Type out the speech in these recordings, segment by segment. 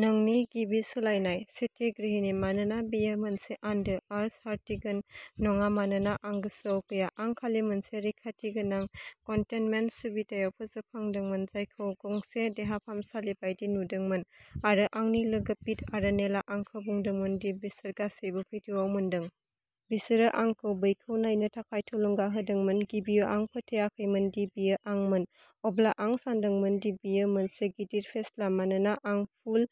नोंनि गिबि सोलायनाय? सेथ ग्रिनिंः मानोना बेयो मोनसे आन्दो? आर्ची हार्टिगानः नङा, मानोना आं गोसोआव गैया। आं खालि मोनसे रैखाथि गोनां कन्टेइनमेन्ट सुबिदायाव फोजाखांदोंमोन, जायखौ गंसे देहा फाहामसालि बायदि नुदोंमोन आरो आंनि लोगो पिट आरो नेलआ आंखौ बुंदोंमोन दि बिसोर गासैबो भिडिअ'आव मोनदों। बिसोरो आंखौ बेखौ नायनो थाखाय थुलुंगा होदोंमोन। गिबियाव आं फोथायाखैमोन दि बेयो आंमोन। अब्ला आं सानदोंमोन दि बेयो मोनसे गिदिर फेस्ला मानोना आं फुल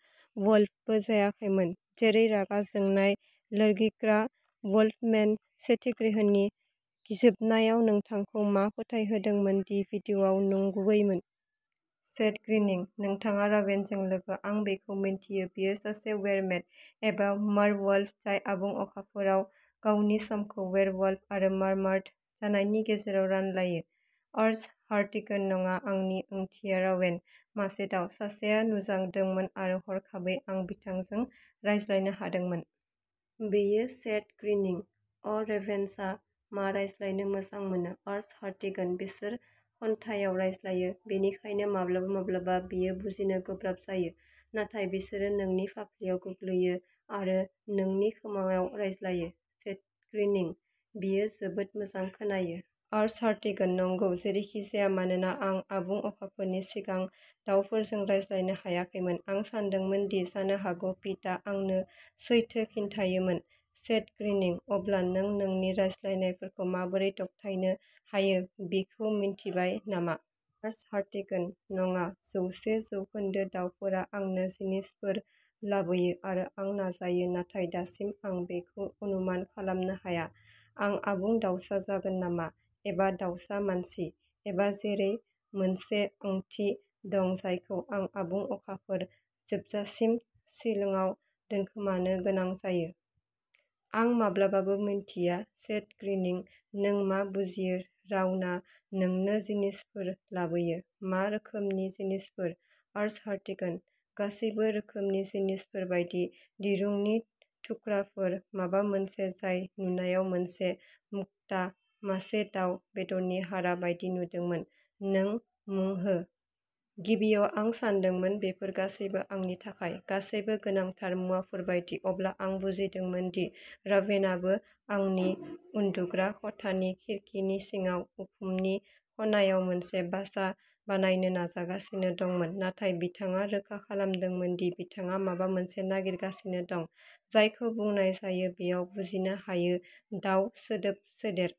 वुल्फबो जायाखैमोन, जेरै रागा जोंनाय, लोरगिग्रा वुल्फ-मेन। सेथ ग्रिनिंः जोबनायाव नोंथांखौ मा फोथायहोदोंमोन दि भिडिअ'आ नंगुबैमोन? सेथ ग्रिनिंः नोंथाङा रेभेनजों लोगो? आं बिखौ मिथियो! बियो सासे वेयर-मेड? एबा मार-वुल्फ जाय आबुं अखाफोराव गावनि समखौ वेयरवुल्फ आरो मार्मेड जानायनि गेजेराव रानलायो? आर्ची हार्टिगानः नङा, आंनि ओंथिया रेवेन, मासे दाउ। सासेआ नुजादोंमोन आरो हरखाबै आं बिथांजों रायज्लायनो हादोंमोन। बेयो। सेथ ग्रिनिंः अ रेभेन्सआ मा रायज्लायनो मोजां मोनो? आर्ची हार्टिगानः बिसोर खन्थाइआव रायज्लायो, बेनिखायनो माब्लाबा माब्लाबा बेयो बुजिनो गोब्राब जायो। नाथाय बिसोरो नोंनि फाफ्लिआव गोग्लैयो आरो नोंनि खोमाङाव रायज्लायो। सेथ ग्रीनिंः बेयो जोबोद मोजां खोनायो। आर्ची हार्टिगानः नंगौ। जेरैखिजाया, मानोना आं आबुं अखाफोरनि सिगां दाउफोरजों रायज्लायनो हायाखैमोन, आं सानदोंमोन दि जानो हागौ पिटआ आंनो सैथो खिन्थायोमोन। सेथ ग्रीनिंः अब्ला नों नोंनि सोलायनायफोरखौ माबोरै दबथायनो हायो बेखौ मिन्थिबाय नामा? आर्ची हार्टिगानः नङा जौसे जौखोन्दो, दाउफोरा आंनो जिनिसफोर लाबोयो आरो आं नाजायो नाथाय दासिम आं बेखौ अनुमान खालामनो हाया। आं आबुं दाउसा जागोन नामा? एबा दाउसा मानसि? एबा जेरै, मोनसे आथिं दं जायखौ आं ओंबुं अखाफोर जोबजासिम स्लिंआव दोनखोमानो गोनां जायो? आं माब्लाबाबो मिन्थिया। सेथ ग्रीनिंः नों मा बुजियो रावना नोंनो जिनिसफोर लाबोयो? मा रोखोमनि जिनिसफोर? आर्ची हार्टिगानः गासैबो रोखोमनि जिनिसफोर बायदि। दिरुंनि थुख्राफोर, माबा मोनसे जाय नुनायाव मोनसे मुक्ता, मासे दाव बेदरनि हारा बायदि नुदोंमोन, नों मुं हो। गिबियाव आं सानदोंमोन बेफोर गासैबो आंनि थाखाय, गासैबो गोनांथार मुवाफोर बायदि। अब्ला आं बुजिदोंमोन दि रेभेनआबो आंनि उन्दुग्रा खथानि खिरखिनि सिङाव उखुमनि खनायाव मोनसे बासा बानायनो नाजागासिनो दंमोन। नाथाय बिथाङा रोखा खालामदोंमोन दि बिथाङा माबा मोनसे नागिरगासिनो दं जायखौ बुंनाय जायो बेयाव बुजिनो हायै दाउ सोदोब सोदेर।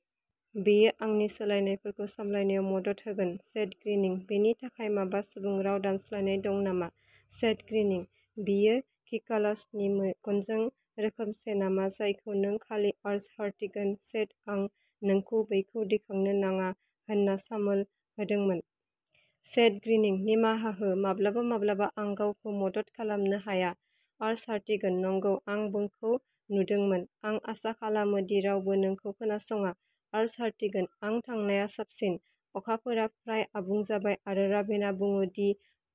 बेयो आंनि सोलायनायफोरखौ सामलायनायाव मदद होगोन। सेथ ग्रीनिंः बेनि थाखाय माबा सुबुं राव दानस्लायनाय दं नामा? सेथ ग्रीनिंः बेयो घिकाह'लसनि मेगनजों रोखोमसे नामा जायखौ नों खालि... आर्ची हार्टिगनः सेथ आं नोंखौ बेखौ दैखांनो नाङा होनना सामोल होदोंमोन। सेथ ग्रीनिंः निमाहा हो। माब्लाबा माब्लाबा आं गावखौ मदद खालामनो हाया। आर्ची हार्टिगनः नंगौ। आं बेखौ नुदोंमोन। आं आसा खालामो दि रावबो नोंखौ खोनासङा। आर्ची हार्टिगनः आं थांनाया साबसिन। अखाफोरा फ्राय आबुं जाबाय आरो रेभेनआ बुङो दि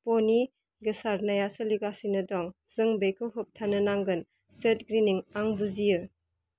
प'नि गोसारनाया सोलिगासिनो दं। जों बेखौ होबथानो नांगोन। सेथ ग्रीनिंः आं बुजियो।